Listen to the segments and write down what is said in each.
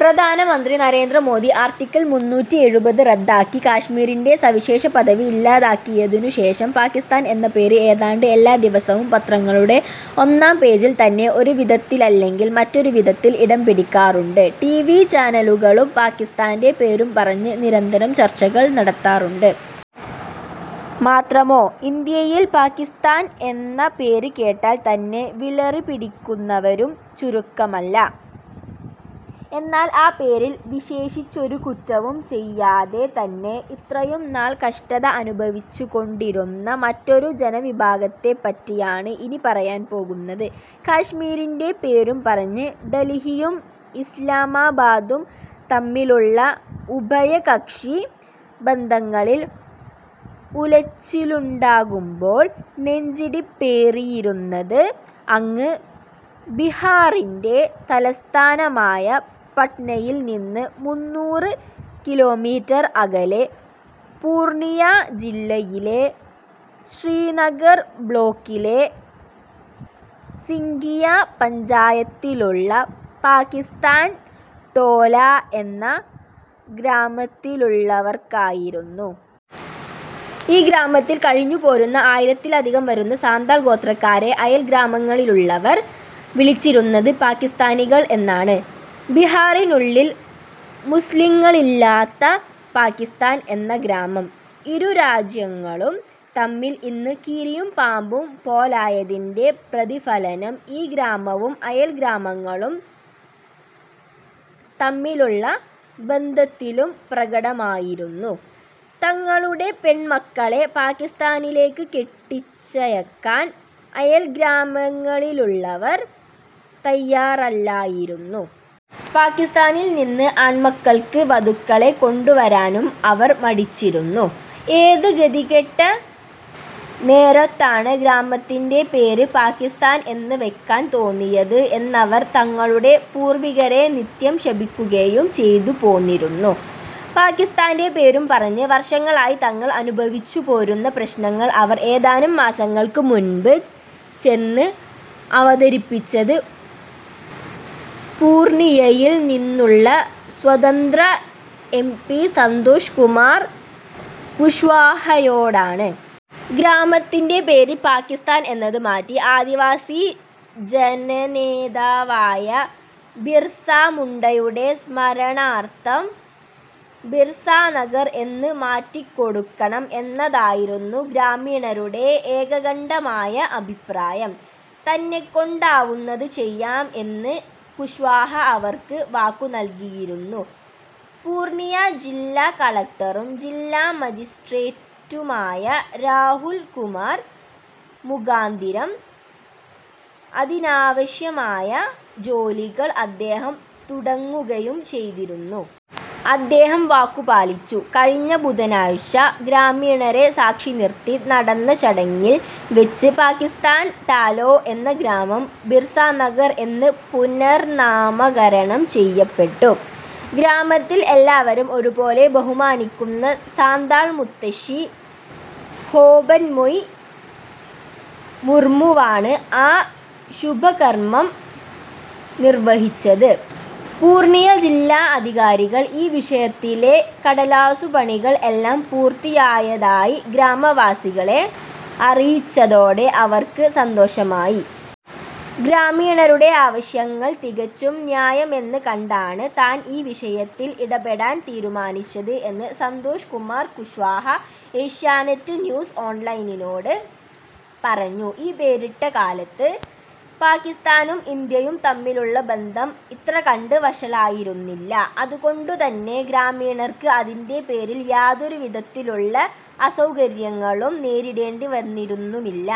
പ്രധാനമന്ത്രി നരേന്ദ്ര മോദി ആർട്ടിക്കിൾ മൂന്നൂറ്റി എഴുപത് റദ്ദാക്കി കശ്മീരിൻ്റെ സവിശേഷപദവി ഇല്ലാതാക്കിയതിനു ശേഷം, പാകിസ്ഥാൻ എന്ന പേര് ഏതാണ്ട് എല്ലാദിവസവും പത്രങ്ങളുടെ ഒന്നാം പേജിൽ തന്നെ ഒരു വിധത്തിലല്ലെങ്കിൽ മറ്റൊരുവിധത്തിൽ ഇടം പിടിക്കാറുണ്ട്. ടിവി ചാനലുകളും പാകിസ്ഥാൻ്റെ പേരും പറഞ്ഞ് നിരന്തരം ചർച്ചകൾ നടത്താറുണ്ട്. മാത്രമോ, ഇന്ത്യയിൽ പാകിസ്ഥാൻ എന്ന പേര് കേട്ടാൽ തന്നെ വിറളിപിടിക്കുന്നവരും ചുരുക്കമല്ല. എന്നാൽ ആ പേരിൽ, വിശേഷിച്ചൊരു കുറ്റവും ചെയ്യാതെ തന്നെ, ഇത്രയും നാൾ കഷ്ടത അനുഭവിച്ചുകൊണ്ടിരുന്ന മറ്റൊരു ജനവിഭാഗത്തെപ്പറ്റിയാണ് ഇനി പറയാൻ പോകുന്നത്. കശ്മീരിൻ്റെ പേരും പറഞ്ഞ് ഡൽഹിയും ഇസ്ലാമാബാദും തമ്മിലുള്ള ഉഭയകക്ഷി ബന്ധങ്ങളിൽ ഉലച്ചിലുണ്ടാകുമ്പോൾ നെഞ്ചിടിപ്പേറിയിരുന്നത്, അങ്ങ് ബിഹാറിൻ്റെ തലസ്ഥാനമായ പട്നയിൽ നിന്ന് മുന്നൂറ് കിലോമീറ്റർ അകലെ, പൂർണിയ ജില്ലയിലെ ശ്രീനഗർ ബ്ലോക്കിലെ സിംഘിയ പഞ്ചായത്തിലുള്ള പാകിസ്ഥാൻ ടോലാ എന്ന ഗ്രാമത്തിലുള്ളവർക്കായിരുന്നു. ഈ ഗ്രാമത്തിൽ കഴിഞ്ഞുപോരുന്ന ആയിരത്തിലധികം വരുന്ന സാന്താൾ ഗോത്രക്കാരെ അയൽഗ്രാമങ്ങളിലുള്ളവർ വിളിച്ചിരുന്നത് പാകിസ്ഥാനികൾ എന്നാണ്. ബിഹാറിനുള്ളിൽ മുസ്ലിങ്ങളില്ലാത്ത പാകിസ്ഥാൻ എന്ന ഗ്രാമം, ഇരു രാജ്യങ്ങളും തമ്മിൽ ഇന്ന് കീരിയും പാമ്പും പോലായതിൻ്റെ പ്രതിഫലനം ഈ ഗ്രാമവും അയൽ ഗ്രാമങ്ങളും തമ്മിലുള്ള ബന്ധത്തിലും പ്രകടമായിരുന്നു. തങ്ങളുടെ പെൺമക്കളെ പാകിസ്ഥാനിലേക്ക് കെട്ടിച്ചയക്കാൻ അയൽഗ്രാമങ്ങളിലുള്ളവർ തയ്യാറല്ലായിരുന്നു. പാകിസ്ഥാനിൽ നിന്ന് ആൺമക്കൾക്ക് വധുക്കളെ കൊണ്ടുവരാനും അവർ മടിച്ചിരുന്നു. ഏത് ഗതികെട്ട നേരത്താണ് ഗ്രാമത്തിൻ്റെ പേര് പാകിസ്ഥാൻ എന്ന് വെക്കാൻ തോന്നിയത് എന്നവർ തങ്ങളുടെ പൂർവ്വികരെ നിത്യം ശപിക്കുകയും ചെയ്തുപോന്നിരുന്നു. പാകിസ്ഥാൻ്റെ പേരും പറഞ്ഞ് വർഷങ്ങളായി തങ്ങൾ അനുഭവിച്ചുപോരുന്ന പ്രശ്നങ്ങൾ അവർ ഏതാനും മാസങ്ങൾക്ക് മുൻപ് ചെന്ന് അവതരിപ്പിച്ചത് പൂർണിയയിൽ നിന്നുള്ള സ്വതന്ത്ര എം പി സന്തോഷ് കുമാർ കുഷ്വാഹയോടാണ്. ഗ്രാമത്തിൻ്റെ പേര് പാകിസ്ഥാൻ എന്നത് മാറ്റി, ആദിവാസി ജനനേതാവായ ബിർസാ മുണ്ടയുടെ സ്മരണാർത്ഥം ബിർസാനഗർ എന്ന് മാറ്റിക്കൊടുക്കണം എന്നതായിരുന്നു ഗ്രാമീണരുടെ ഏകകണ്ഠമായ അഭിപ്രായം. തന്നെക്കൊണ്ടാവുന്നത് ചെയ്യാം എന്ന് കുഷ്വാഹ അവർക്ക് വാക്കുനൽകിയിരുന്നു. പൂർണിയ ജില്ലാ കളക്ടറും ജില്ലാ മജിസ്ട്രേറ്റുമായ രാഹുൽ കുമാർ മുഖാന്തിരം അതിനാവശ്യമായ ജോലികൾ അദ്ദേഹം തുടങ്ങുകയും ചെയ്തിരുന്നു. അദ്ദേഹം വാക്കുപാലിച്ചു. കഴിഞ്ഞ ബുധനാഴ്ച, ഗ്രാമീണരെ സാക്ഷിനിർത്തി നടന്ന ചടങ്ങിൽ വെച്ച് പാകിസ്ഥാൻ ട്ടാലോ എന്ന ഗ്രാമം ബിർസാനഗർ എന്ന് പുനർനാമകരണം ചെയ്യപ്പെട്ടു. ഗ്രാമത്തിൽ എല്ലാവരും ഒരുപോലെ ബഹുമാനിക്കുന്ന സാന്താൾ മുത്തശ്ശി ഹോപൻമൊയ് മുർമുവാണ് ആ ശുഭകർമ്മം നിർവ്വഹിച്ചത്. പൂർണിയ ജില്ലാ അധികാരികൾ ഈ വിഷയത്തിലെ കടലാസുപണികൾ എല്ലാം പൂർത്തിയായതായി ഗ്രാമവാസികളെ അറിയിച്ചതോടെ അവർക്ക് സന്തോഷമായി. ഗ്രാമീണരുടെ ആവശ്യങ്ങൾ തികച്ചും ന്യായമെന്ന് കണ്ടാണ് താൻ ഈ വിഷയത്തിൽ ഇടപെടാൻ തീരുമാനിച്ചത് എന്ന് സന്തോഷ് കുമാർ കുഷ്വാഹ ഏഷ്യാനെറ്റ് ന്യൂസ് ഓൺലൈനിനോട് പറഞ്ഞു. ഈ പേരിട്ട കാലത്ത് പാകിസ്ഥാനും ഇന്ത്യയും തമ്മിലുള്ള ബന്ധം ഇത്രകണ്ട് വഷളായിരുന്നില്ല. അതുകൊണ്ടുതന്നെ ഗ്രാമീണർക്ക് അതിൻ്റെ പേരിൽ യാതൊരു വിധത്തിലുള്ള അസൗകര്യങ്ങളും നേരിടേണ്ടി വന്നിരുന്നുമില്ല.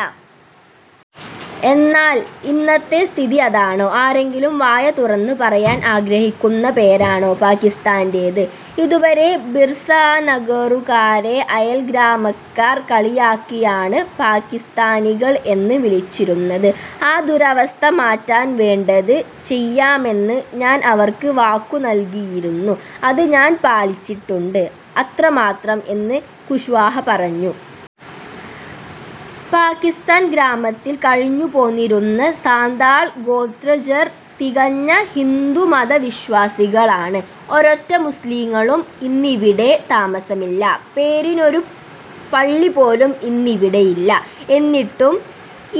എന്നാൽ ഇന്നത്തെ സ്ഥിതി അതാണോ? ആരെങ്കിലും വായ തുറന്ന് പറയാൻ ആഗ്രഹിക്കുന്ന പേരാണോ പാക്കിസ്ഥാൻ്റേത്? ഇതുവരെ ബിർസാനഗറുകാരെ അയൽഗ്രാമക്കാർ കളിയാക്കിയാണ് പാകിസ്ഥാനികൾ എന്ന് വിളിച്ചിരുന്നത്. ആ ദുരവസ്ഥ മാറ്റാൻ വേണ്ടത് ചെയ്യാമെന്ന് ഞാൻ അവർക്ക് വാക്കുനൽകിയിരുന്നു. അത് ഞാൻ പാലിച്ചിട്ടുണ്ട്, അത്രമാത്രം എന്ന് കുഷ്വാഹ പറഞ്ഞു. പാകിസ്ഥാൻ ഗ്രാമത്തിൽ കഴിഞ്ഞുപോന്നിരുന്ന സാന്താൾ ഗോത്രജർ തികഞ്ഞ ഹിന്ദുമത വിശ്വാസികളാണ്. ഒരൊറ്റ മുസ്ലിങ്ങളും ഇന്നിവിടെ താമസമില്ല. പേരിനൊരു പള്ളി പോലും ഇന്നിവിടെയില്ല. എന്നിട്ടും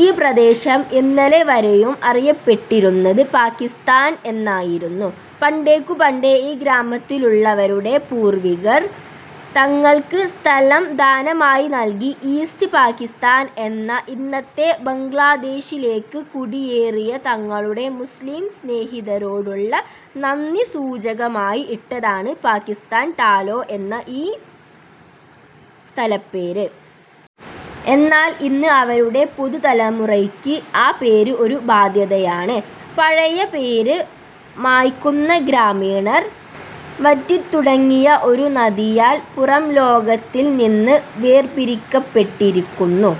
ഈ പ്രദേശം ഇന്നലെ വരെയും അറിയപ്പെട്ടിരുന്നത് പാകിസ്ഥാൻ എന്നായിരുന്നു. പണ്ടേക്കുപണ്ടേ ഈ ഗ്രാമത്തിലുള്ളവരുടെ പൂർവ്വികർ, തങ്ങൾക്ക് സ്ഥലം ദാനമായി നൽകി ഈസ്റ്റ് പാകിസ്ഥാൻ എന്ന ഇന്നത്തെ ബംഗ്ലാദേശിലേക്ക് കുടിയേറിയ തങ്ങളുടെ മുസ്ലിം സ്നേഹിതരോടുള്ള നന്ദിസൂചകമായി ഇട്ടതാണ് പാകിസ്ഥാൻ ട്ടാലോ എന്ന ഈ സ്ഥലപ്പേര്. എന്നാൽ ഇന്ന് അവരുടെ പുതുതലമുറയ്ക്ക് ആ പേര് ഒരു ബാധ്യതയാണ്. പഴയ പേര് മായ്ക്കുന്ന ഗ്രാമീണർ വറ്റിത്തുടങ്ങിയ ഒരു നദിയാൽ പുറംലോകത്തിൽ നിന്ന് വേർപിരിക്കപ്പെട്ടിരിക്കുന്നു.